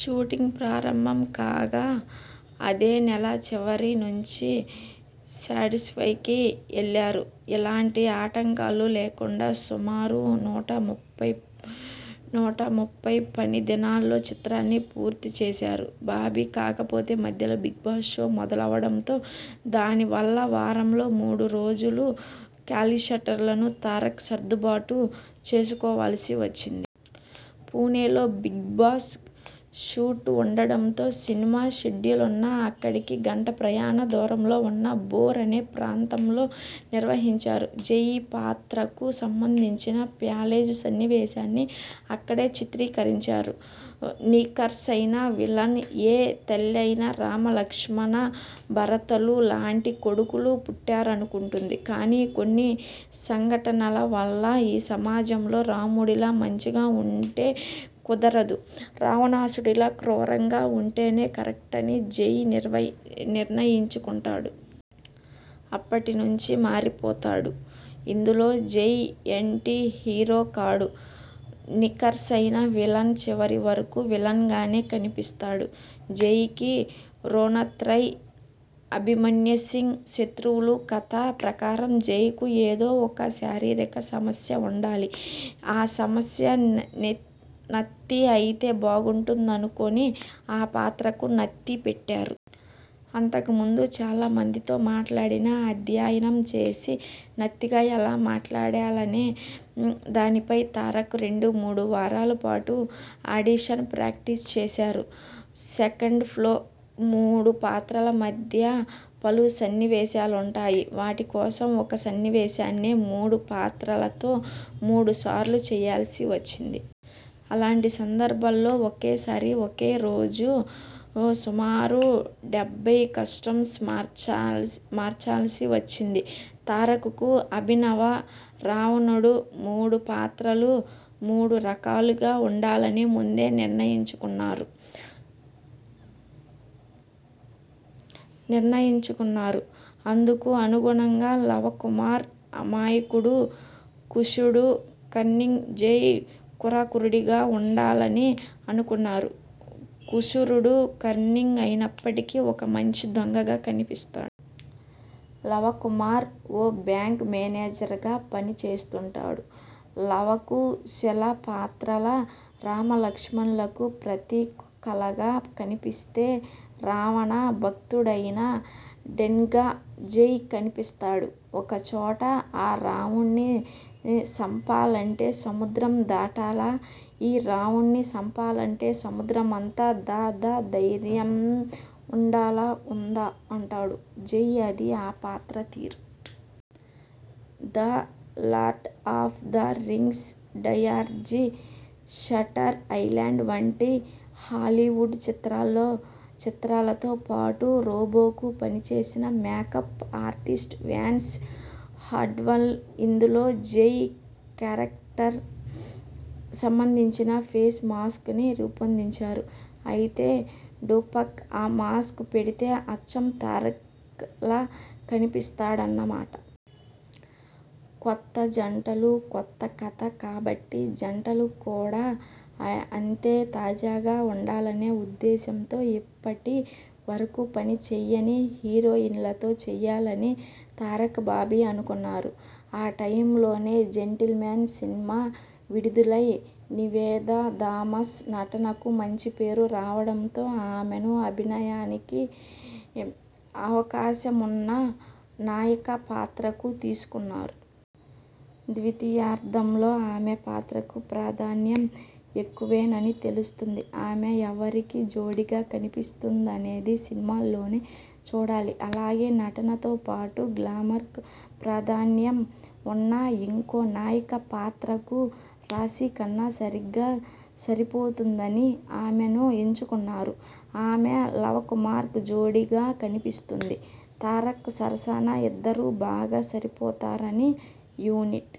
Shooting ప్రారంభం కాగా, అదే నెల చివరి నుంచి సెట్స్పైకి వెళ్లారు. ఎలాంటి ఆటంకాలు లేకుండా సుమారు నూట ముప్పై పని దినాల్లో చిత్రాన్ని పూర్తి చేశారు బాబీ. కాకపోతే మధ్యలో 'బిగ్బాస్' షో మొదలవడంతో, దాని వల్ల వారంలో మూడు రోజులు కాల్షీట్లను తారక్ సర్దుబాటు చేసుకోవాల్సి వచ్చింది. పూణేలో 'బిగ్బాస్' షూట్ ఉండటంతో, సినిమా షెడ్యూల్ను అక్కడికి గంట ప్రయాణ దూరంలో ఉన్న 'బోర్' అనే ప్రాంతంలో నిర్వహించారు. జై పాత్రకు సంబంధించిన ప్యాలెస్ సన్నివేశాలన్నీ అక్కడే చిత్రీకరించారు. నిఖార్సయిన విలన్ఏ తల్లయినా రామ లక్ష్మణ భరతులు లాంటి కొడుకులు పుట్టాలనుకుంటుంది. కానీ కొన్ని సంఘటనల వల్ల 'ఈ సమాజంలో రాముడిలా మంచిగా ఉండే కుదరదు, రావణాసురుడిలా క్రూరంగా ఉంటేనే కరెక్ట'ని జై నిర్ణయించుకుంటాడు. అప్పట్నించీ మారిపోతాడు. ఇందులో జై యాంటీ హీరో కాడు. నిఖార్సయిన విలన్! చివరి వరకూ విలన్గానే కనిపిస్తాడు. జైకి రోణిత్రాయ్, అభిమన్యుసింగ్ శత్రువులు. కథ ప్రకారం జైకు ఏదో ఒక శారీరక సమస్య ఉండాలి. ఆ సమస్య 'నత్తి' అయితే బాగుంటుందనుకొని ఆ పాత్రకు నత్తి పెట్టారు. అంతకు ముందు చాలా మందితో మాట్లాడి, అధ్యయనం చేసి నత్తిగా ఎలా మాట్లాడాలనే దానిపై తారక్ రెండు మూడు వారాల పాటు ఆడిషను ప్రాక్టీస్ చేశారు. సెకండాఫ్లో మూడు పాత్రల మధ్య పలు సన్నివేశాలుంటాయి. వాటి కోసం ఒక సన్నివేశాన్నే మూడు పాత్రలతో మూడు సార్లు చేయాల్సి వచ్చేది. అలాంటి సందర్భాల్లో ఒకసారి ఒకే రోజు సుమారు డెబ్బై కాస్ట్యూమ్స్ మార్చాల్సి వచ్చింది తారక్కు. అభినవ రావణుడుమూడు పాత్రలు మూడు రకాలుగా ఉండాలని ముందే నిర్ణయించుకున్నారు. అందుకు అనుగుణంగా లవకుమార్ అమాయకుడు, కుశుడు కన్నింగ్, జై క్రూరుడుగా ఉండాలని అనుకున్నారు. కుశుడు కన్నింగ్ అయినప్పటికీ ఒక మంచి దొంగగా కనిపిస్తాడు. లవకుమార్ ఓ బ్యాంక్ మేనేజర్గా పని చేస్తుంటాడు. లవకుశుల పాత్రలు రామలక్ష్మణులకు ప్రతీకలుగా కనిపిస్తే, రావణ భక్తుడైన డాన్గా జై కనిపిస్తాడు. ఒక చోట. ''ఆ రావణుడ్ని సంపాలంటే సముద్రం దాటాల ఈ రావణుడ్ని సంపాలంటే సముద్రమంత ధ ధ ధైర్యం ఉండాల ఉందా'' అంటాడు జై అదీ ఆ పాత్ర తీరు! 'The lord of the rings' trilogy, 'shutter island' వంటి హాలీవుడ్ చిత్రాలతో పాటు 'రోబో'కు పనిచేసిన మేకప్ ఆర్టిస్ట్ వాన్స్ హార్ట్వెల్ ఇందులో జై క్యారెక్టర్కు సంబంధించిన ఫేస్ మాస్క్ను రూపొందించారు. అంటే డూప్కు ఆ మాస్క్ పెడితే అచ్చం తారక్లా కనిపిస్తాడన్న మాట! కొత్త జంటలుకొత్త కథ కాబట్టి జంటలు కూడా అంతే తాజాగా ఉండాలనే ఉద్దేశంతో ఇప్పటి వరకూ పని చేయని హీరోయిన్లతో చేయాలని తారక్, బాబీ అనుకున్నారు. ఆ టైమ్లోనే 'జెంటిల్మన్' సినిమా విడుదలై, నివేదా థామస్ నటనకు మంచి పేరు రావడంతో ఆమెను అభినయానికి అవకాశమున్న నాయిక పాత్రకు తీసుకున్నారు. ద్వితీయార్ధంలో ఆమె పాత్రకు ప్రాధాన్యం ఎక్కువేనని తెలుస్తోంది. ఆమె ఎవరికి జోడీగా కనిపిస్తుందనేది సినిమాలోనే చూడాలి! అలాగే నటనతో పాటు గ్లామర్కూ ప్రాధాన్యం ఉన్న ఇంకో నాయిక పాత్రకు రాశీఖన్నా సరిగ్గా సరిపోతుందని ఆమెను ఎంచుకున్నారు. ఆమె లవకుమార్కు జోడీగా కనిపిస్తుంది. తారక్ సరసన ఇద్దరూ బాగా సరిపోయారని యూనిట్